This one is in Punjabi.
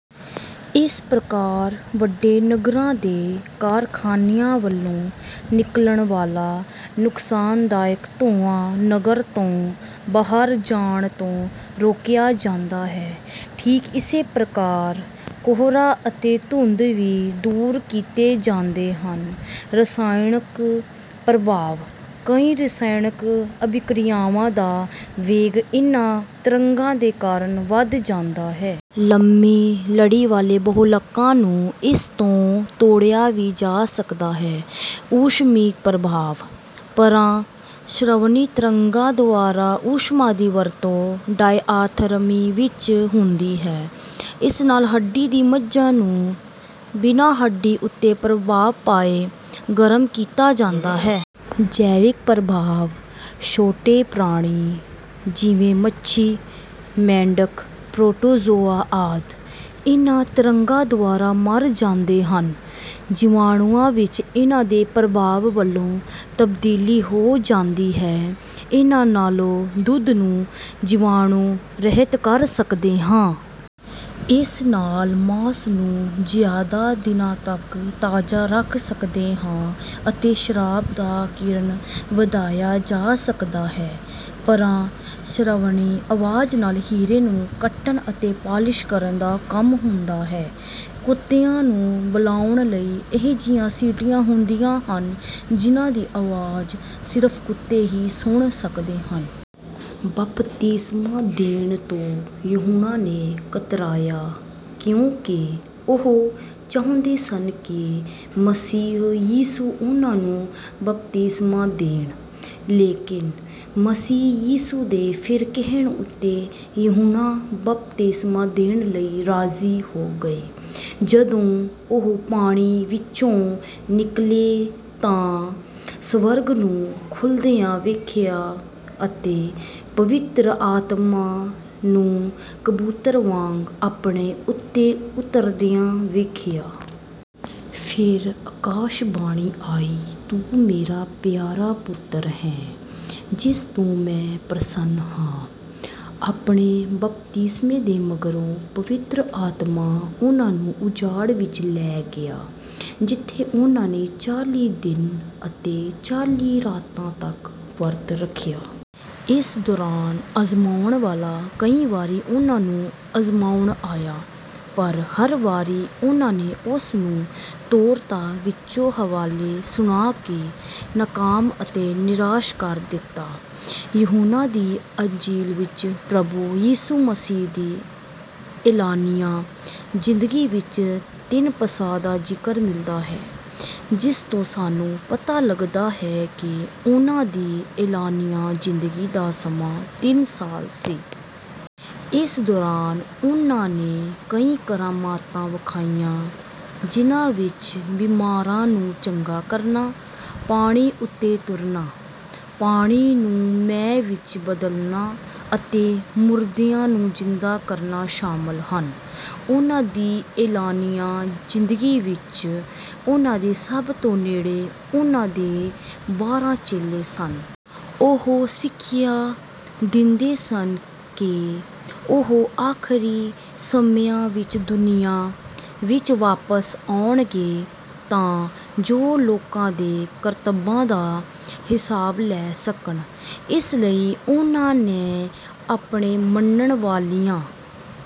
ਇਸ ਪ੍ਰਕਾਰ ਵੱਡੇ ਨਗਰਾਂ ਦੇ ਕਾਰਖਾਨਿਆਂ ਵੱਲੋਂ ਨਿਕਲਣ ਵਾਲਾ ਨੁਕਸਾਨਦਾਇਕ ਧੂੰਆਂ ਨਗਰ ਤੋਂ ਬਾਹਰ ਜਾਣ ਤੋਂ ਰੋਕਿਆ ਜਾਂਦਾ ਹੈ। ਠੀਕ ਇਸੇ ਪ੍ਰਕਾਰ ਕੋਹਰਾ ਅਤੇ ਧੁੰਦ ਵੀ ਦੂਰ ਕੀਤੇ ਜਾਂਦੇ ਹਨ। ਰਸਾਇਣਕ ਪ੍ਰਭਾਵ: ਕਈ ਰਸਾਇਣਕ ਅਭਿਕ੍ਰਿਆਵਾਂ ਦਾ ਵੇਗ ਇਨ੍ਹਾਂ ਤਰੰਗਾਂ ਦੇ ਕਾਰਨ ਵੱਧ ਜਾਂਦਾ ਹੈ। ਲੰਮੀ ਲੜੀ ਵਾਲੇ ਬਹੁਲਕਾਂ ਨੂੰ ਇਸ ਤੋਂ ਤੋੜਿਆ ਵੀ ਜਾ ਸਕਦਾ ਹੈ। ਊਸ਼ਮਿਕ ਪ੍ਰਭਾਵ: ਪਰਾ-ਸ਼ਰਵਣੀ ਤਰੰਗਾਂ ਦੁਆਰਾ ਊਸ਼ਮਾ ਦੀ ਵਰਤੋਂ ਡਾਇਆਥਰਮੀ ਵਿੱਚ ਹੁੰਦੀ ਹੈ। ਇਸ ਨਾਲ ਹੱਡੀ ਦੀ ਮੱਝਾ ਨੂੰ, ਬਿਨਾਂ ਹੱਡੀ ਉੱਤੇ ਪ੍ਰਭਾਵ ਪਾਏ, ਗਰਮ ਕੀਤਾ ਜਾਂਦਾ ਹੈ। ਜੈਵਿਕ ਪ੍ਰਭਾਵ: ਛੋਟੇ ਪ੍ਰਾਣੀ, ਜਿਵੇਂ ਮੱਛੀ, ਮੇਢਕ, ਪ੍ਰੋਟੋਜ਼ੋਆ ਆਦਿ, ਇਨ੍ਹਾਂ ਤਰੰਗਾਂ ਦੁਆਰਾ ਮਰ ਜਾਂਦੇ ਹਨ। ਜੀਵਾਣੂਆਂ ਵਿੱਚ ਇਨ੍ਹਾਂ ਦੇ ਪ੍ਰਭਾਵ ਵੱਲੋਂ ਤਬਦੀਲੀ ਹੋ ਜਾਂਦੀ ਹੈ। ਇਨ੍ਹਾਂ ਨਾਲੋਂ ਦੁੱਧ ਨੂੰ ਜੀਵਾਣੂ-ਰਹਿਤ ਕਰ ਸਕਦੇ ਹਾਂ। ਇਸ ਨਾਲ ਮਾਸ ਨੂੰ ਜ਼ਿਆਦਾ ਦਿਨਾਂ ਤੱਕ ਤਾਜ਼ਾ ਰੱਖ ਸਕਦੇ ਹਾਂ ਅਤੇ ਸ਼ਰਾਬ ਦਾ ਕਿਰਨ ਵਧਾਇਆ ਜਾ ਸਕਦਾ ਹੈ। ਪਰਾ-ਸ਼ਰਵਣੀ ਆਵਾਜ਼ ਨਾਲ ਹੀਰੇ ਨੂੰ ਕੱਟਣ ਅਤੇ ਪਾਲਿਸ਼ ਕਰਨ ਦਾ ਕੰਮ ਹੁੰਦਾ ਹੈ। ਕੁੱਤਿਆਂ ਨੂੰ ਬੁਲਾਉਣ ਲਈ ਅਜਿਹੀਆਂ ਸੀਟੀਆਂ ਹੁੰਦੀਆਂ ਹਨ ਜਿਨ੍ਹਾਂ ਦੀ ਆਵਾਜ਼ ਸਿਰਫ਼ ਕੁੱਤੇ ਹੀ ਸੁਣ ਸਕਦੇ ਹਨ। ਬਪਤਿਸਮਾ ਦੇਣ ਤੋਂ ਯੁਹੰਨਾ ਨੇ ਕਤਰਾਇਆ ਕਿਉਂਕਿ ਉਹ ਚਾਹੁੰਦੇ ਸਨ ਕਿ ਮਸੀਹ ਯਿਸੂ ਉਨ੍ਹਾਂ ਨੂੰ ਬਪਤਿਸਮਾ ਦੇਣ। ਲੇਕਿਨ ਮਸੀਹ ਯਿਸੂ ਦੇ ਫਿਰ ਕਹਿਣ ਉੱਤੇ ਯੁਹੰਨਾ ਬਪਤਿਸਮਾ ਦੇਣ ਲਈ ਰਾਜ਼ੀ ਹੋ ਗਏ। ਜਦੋਂ ਉਹ ਪਾਣੀ ਵਿੱਚੋਂ ਨਿਕਲੇ ਤਾਂ ਸਵਰਗ ਨੂੰ ਖੁੱਲ੍ਹਦਿਆਂ ਵੇਖਿਆ ਅਤੇ ਪਵਿੱਤਰ ਆਤਮਾ ਨੂੰ ਕਬੂਤਰ ਵਾਂਗ ਆਪਣੇ ਉੱਤੇ ਉਤਰਦਿਆਂ ਵੇਖਿਆ। ਫਿਰ ਅਕਾਸ਼ਬਾਣੀ ਆਈ ਤੂੰ ਮੇਰਾ ਪਿਆਰਾ ਪੁੱਤਰ ਹੈਂ, ਜਿਸ ਤੋਂ ਮੈਂ ਪ੍ਰਸੰਨ ਹਾਂ"। ਆਪਣੇ ਬਪਤਿਸਮੇ ਦੇ ਮਗਰੋਂ ਪਵਿੱਤਰ ਆਤਮਾ ਉਨ੍ਹਾਂ ਨੂੰ ਉਜਾੜ ਵਿੱਚ ਲੈ ਗਿਆ, ਜਿੱਥੇ ਉਨ੍ਹਾਂ ਨੇ ਚਾਲ੍ਹੀ ਦਿਨ ਅਤੇ ਚਾਲ੍ਹੀ ਰਾਤਾਂ ਤੱਕ ਵਰਤ ਰੱਖਿਆ। ਇਸ ਦੌਰਾਨ ਆਜ਼ਮਾਉਣ ਵਾਲਾ ਕਈ ਵਾਰੀ ਉਨ੍ਹਾਂ ਨੂੰ ਆਜ਼ਮਾਉਣ ਆਇਆ, ਪਰ ਹਰ ਵਾਰੀ ਉਨ੍ਹਾਂ ਨੇ ਉਸ ਨੂੰ ਤੋਰਾਤ ਵਿੱਚੋਂ ਹਵਾਲੇ ਸੁਣਾ ਕੇ ਨਾਕਾਮ ਅਤੇ ਨਿਰਾਸ਼ ਕਰ ਦਿੱਤਾ। ਯੁਹੰਨਾ ਦੀ ਅੰਜੀਲ ਵਿੱਚ ਪ੍ਰਭੂ ਯਿਸੂ ਮਸੀਹ ਦੀ ਐਲਾਨੀਆ ਜ਼ਿੰਦਗੀ ਵਿੱਚ ਤਿੰਨ ਪਸਾਹ ਦਾ ਜ਼ਿਕਰ ਮਿਲਦਾ ਹੈ, ਜਿਸ ਤੋਂ ਸਾਨੂੰ ਪਤਾ ਲੱਗਦਾ ਹੈ ਕਿ ਉਨ੍ਹਾਂ ਦੀ ਐਲਾਨੀਆ ਜ਼ਿੰਦਗੀ ਦਾ ਸਮਾਂ ਤਿੰਨ ਸਾਲ ਸੀ। ਇਸ ਦੌਰਾਨ ਉਨ੍ਹਾਂ ਨੇ ਕਈ ਕਰਾਮਾਤਾਂ ਵਿਖਾਈਆਂ, ਜਿਨ੍ਹਾਂ ਵਿੱਚ ਬਿਮਾਰਾਂ ਨੂੰ ਚੰਗਾ ਕਰਨਾ, ਪਾਣੀ ਉੱਤੇ ਤੁਰਨਾ, ਪਾਣੀ ਨੂੰ ਮੈਅ ਵਿੱਚ ਬਦਲਣਾ ਅਤੇ ਮੁਰਦਿਆਂ ਨੂੰ ਜ਼ਿੰਦਾ ਕਰਨਾ ਸ਼ਾਮਲ ਹਨ। ਉਨ੍ਹਾਂ ਦੀ ਐਲਾਨੀਆ ਜ਼ਿੰਦਗੀ ਵਿੱਚ ਉਨ੍ਹਾਂ ਦੇ ਸਭ ਤੋਂ ਨੇੜੇ ਉਨ੍ਹਾਂ ਦੇ ਬਾਰਾਂ ਚੇਲੇ ਸਨ। ਉਹ ਸਿਖਿਆ ਦਿੰਦੇ ਸਨ ਕਿ ਉਹ ਆਖਰੀ ਸਮਿਆਂ ਵਿੱਚ ਦੁਨੀਆ ਵਿੱਚ ਵਾਪਸ ਆਉਣਗੇ ਤਾਂ ਜੋ ਲੋਕਾਂ ਦੇ ਕਰਤੱਬਾਂ ਦਾ ਹਿਸਾਬ ਲੈ ਸਕਣ। ਇਸ ਲਈ ਓਹਨਾਂ ਨੈ ਆਪਣੇ ਮੰਨਣ ਵਾਲਿਆਂ